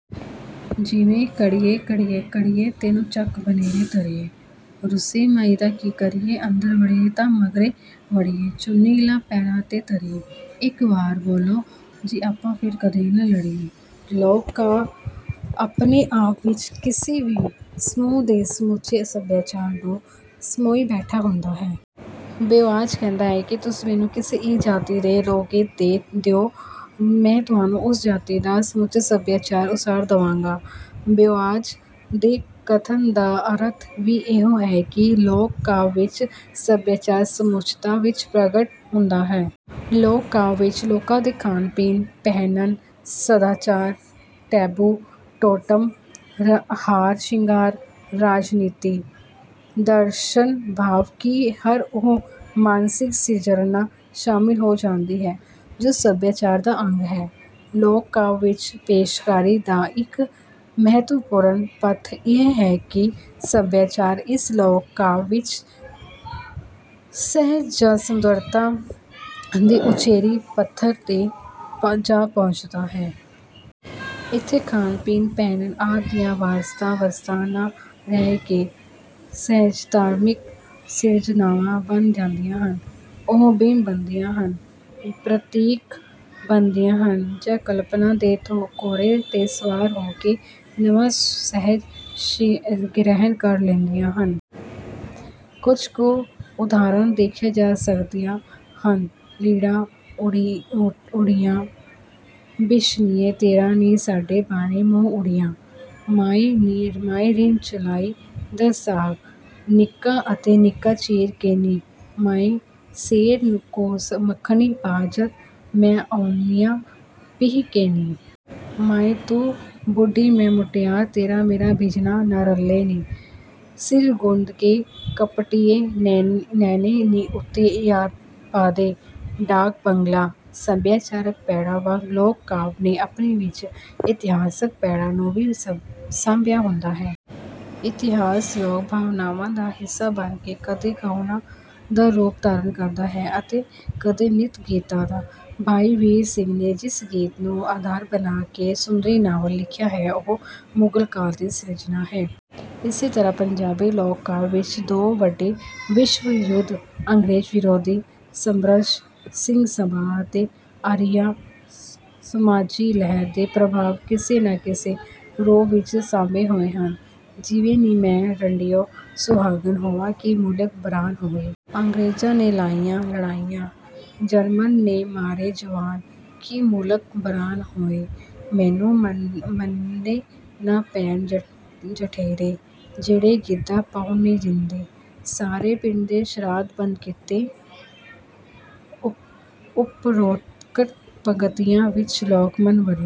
ਜਿਵੇਂ ਕੜ੍ਹੀਏ ਕੜ੍ਹੀਏ ਕੜ੍ਹੀਏ ਤੈਨੂੰ ਚੱਕ ਬਨੇਰੇ ਧਰੀਏ ਰੁੱਸੇ ਮਾਹੀ ਦਾ ਕੀ ਕਰੀਏ ਅੰਦਰ ਵੜੇ ਤਾਂ ਮਗਰੇ ਵੜੀਏ ਚੁੰਨੀ ਲਾਹ ਪੈਰਾਂ ਤੇ ਧਰੀਏ ਇੱਕ ਬਾਰ ਬੋਲੋ ਜੀ ਆਪਾਂ ਫੇਰ ਕਦੇ ਨਾ ਲੜੀਏ। ਲੋਕ ਕਾਵਿ ਆਪਣੇ ਆਪ ਵਿੱਚ ਕਿਸੇ ਵੀ ਸਮੂਹ ਦੇ ਸਮੁੱਚੇ ਸਭਿਆਚਾਰ ਨੂੰ ਸਮੋਈ ਬੈਠਾ ਹੁੰਦਾ ਹੈ। ਬੋਆਜ ਕਹਿੰਦਾ ਹੈ ਕਿ ਤੁਸੀਂ ਮੈਨੂੰ ਕਿਸੇ ਇੱਕ ਜਾਤੀ ਦੇ ਲੋਕਗੀਤ ਦੇ ਦਿਉ ਮੈਂ ਤੁਹਾਨੂੰ ਉਸ ਜਾਤੀ ਦਾ ਸਮੁੱਚਾ ਸਭਿਆਚਾਰ ਉਸਾਰ ਦੇਵਾਂਗਾ। ਬੋਆਜ਼ ਦੇ ਕਥਨ ਦਾ ਅਰਥ ਵੀ ਇਹੋ ਹੈ ਕਿ ਲੋਕ ਕਾਵਿ ਵਿੱਚ ਸਭਿਆਚਾਰ ਸਮੁੱਚਤਾ ਵਿੱਚ ਪ੍ਰਗਟ ਹੁੰਦਾ ਹੈ। ਲੋਕ ਕਾਵਿ ਵਿੱਚ ਲੋਕਾਂ ਦੇ ਖਾਣ ਪੀਣ, ਪਹਿਨਣ, ਸਦਾਚਾਰ, ਟੈਬੂ, ਟੋਟਮ, ਹਾਰ ਸ਼ਿੰਗਾਰ, ਰਾਜਨੀਤੀ, ਦਰਸ਼ਨ ਭਾਵ ਕਿ ਹਰ ਉਹ ਮਾਨਸਿਕ ਸਿਰਜਣਾ ਸ਼ਾਮਿਲ ਹੋ ਜਾਂਦੀ ਹੈ ਜੋ ਸਭਿਆਚਾਰ ਦਾ ਅੰਗ ਹੈ। ਲੋਕ ਕਾਵਿ ਵਿੱਚ ਪੇਸ਼ਕਾਰੀ ਦਾ ਇੱਕ ਮਹੱਤਵਪੂਰਣ ਪੱਖ ਇਹ ਹੈ ਕਿ ਸਭਿਆਚਾਰ ਇਸ ਲੋਕ ਕਾਵਿ ਵਿੱਚ ਸੁਹਜ ਜਾਂ ਸੁੰਦਰਤਾ ਦੀ ਉਚੇਰੀ ਪੱਧਰ ਤੇ ਜਾ ਪਹੁੰਚਦਾ ਹੈ। ਇਥੇ ਖਾਣ, ਪੀਣ, ਪਹਿਨਣ ਆਦਿ ਦੀਆਂ ਵਸਤਾਂ, ਵਸਤਾਂ ਨਾ ਰਹਿ ਕੇ ਸੁਹਜਾਤਮਿਕ ਸਿਰਜਣਾਵਾਂ ਬਣ ਜਾਂਦੀਆਂ ਹਨ। ਉਹ ਬਿੰਬ ਬਣਦੀਆਂ ਹਨ, ਪ੍ਰਤੀਕ ਬਣਦੀਆਂ ਹਨ ਜਾਂ ਕਲਪਣਾ ਦੇ ਘੋੜੇ ਤੇ ਸਵਾਰ ਹੋ ਕੇ ਨਵਾਂ ਸੁਹਜ ਗ੍ਰਹਿਣ ਕਰ ਲੈਂਦੀਆਂ ਹਨ। ਕੁਝ ਕੁ ਉਦਾਹਰਣਾਂ ਦੇਖੀਆਂ ਜਾ ਸਕਦੀਆਂ ਹਨ। ਲੀੜਾ ਉੱਡਿਆ ਬਿਸ਼ਨੀਏਂ ਤੇਰਾ ਨੀ ਸਾਡੇ ਭਾਣੇ ਮੋਰ ਉੱਡਿਆ। ਮਾਏ ਰਿੰਨ੍ਹ ਚੁਲ਼ਾਈ ਦਾ ਸਾਗ ਨਿੱਕਾ ਅਤੇ ਨਿੱਕਾ ਚੀਰ ਕੇ ਨੀ। ਮਾਏ ਸੇਰ ਕੁ ਮਖਣੀ ਪਾ ਜਦ ਮੈਂ ਆਉਂਨੀਆ ਪੀਹ ਕੇ ਨੀ। ਮਾਏ ਤੂੰ ਬੁੱਢੀ ਮੈਂ ਮੁਟਿਆਰ ਤੇਰਾ ਮੇਰਾ ਤਿੰਜਣਾਂ ਨਾ ਰਲ਼ੇ ਨੀ। ਸਿਰ ਗੁੰਦ ਦੇ ਕਪੱਤੀਏ ਨੈਣੇ ਨੀ ਉੱਤੇ ਪਾਦੇ ਡਾਕ ਬੰਗਲਾ। ਸਭਿਆਚਾਰਕ ਪੈੜ੍ਹਾਂ ਵਾਂਗ ਲੋਕ ਕਾਵਿ ਨੇ ਆਪਣੇ ਵਿੱਚ ਇਤਿਹਾਸਕ ਪੈੜਾਂ ਨੂੰ ਵੀ ਸਾਂਭਿਆ ਹੁੰਦਾ ਹੈ। ਇਤਿਹਾਸ ਲੋਕ ਭਾਵਨਾਵਾਂ ਦਾ ਹਿੱਸਾ ਬਣ ਕੇ ਕਦੇ ਗਾਉਣਾਂ ਦਾ ਰੂਪ ਧਾਰਣ ਕਰਦਾ ਹੈ ਅਤੇ ਕਦੇ ਨ੍ਰਿਤ ਗੀਤਾਂ ਦਾ। ਭਾਈ ਵੀਰ ਸਿੰਘ ਨੇ ਜਿਸ ਗੀਤ ਨੂੰ ਆਧਾਰ ਬਣਾ ਕੇ ਸੁੰਦਰੀ ਨਾਵਲ ਲਿਖਿਆ ਹੈ ਉਹ ਮੁਗਲ ਕਾਲ ਦੀ ਸਿਰਜਣਾ ਹੈ। ਇਸੇ ਤਰ੍ਹਾਂ ਪੰਜਾਬੀ ਲੋਕ ਕਾਵਿ ਵਿੱਚ ਦੋ ਵੱਡੇ ਵਿਸ਼ਵ ਯੁੱਧ, ਅੰਗਰੇਜ਼ ਵਿਰੋਧੀ ਸੰਘਰਸ਼, ਸਿੰਘ ਸਭਾ ਅਤੇ ਆਰੀਆ ਸਮਾਜੀ ਲਹਿਰ ਦੇ ਪ੍ਰਭਾਵ ਕਿਸੇ ਨਾ ਕਿਸੇ ਰੂਪ ਵਿੱਚ ਸਾਂਭੇ ਹੋਏ ਹਨ। ਜਿਵੇਂ, ਨੀ ਮੈਂ ਰੰਡੀਉਂ ਸੁਹਾਗਣ ਹੋਵਾਂ ਕਿ ਮੁਲਕ ਬਰਾਨ ਹੋਏ। ਅੰਗ੍ਰੇਜਾਂ ਨੇ ਲਾਈਆਂ ਲੜਾਈਆਂ ਜਰਮਨ ਨੇ ਮਾਰੇ ਜਵਾਨ ਕਿ ਮੁਲਕ ਬਰਾਨ ਹੋਏ। ਮੈਨੂੰ ਮੰਨਣੇ ਨਾ ਪੈਣ ਜਠੇਰੇ। ਜਿਹੜੇ ਗਿੱਧਾ ਪਾਉਣ ਨਹੀਂ ਦਿੰਦੇ। ਸਾਰੇ ਪਿੰਡ ਦੇ ਸ਼ਰਾਧ ਬੰਦ ਕੀਤੇ। ਉਪਰੋਕਤ ਪੰਗਤੀਆਂ ਵਿੱਚ ਲੋਕਮਨ ਵਲੋਂ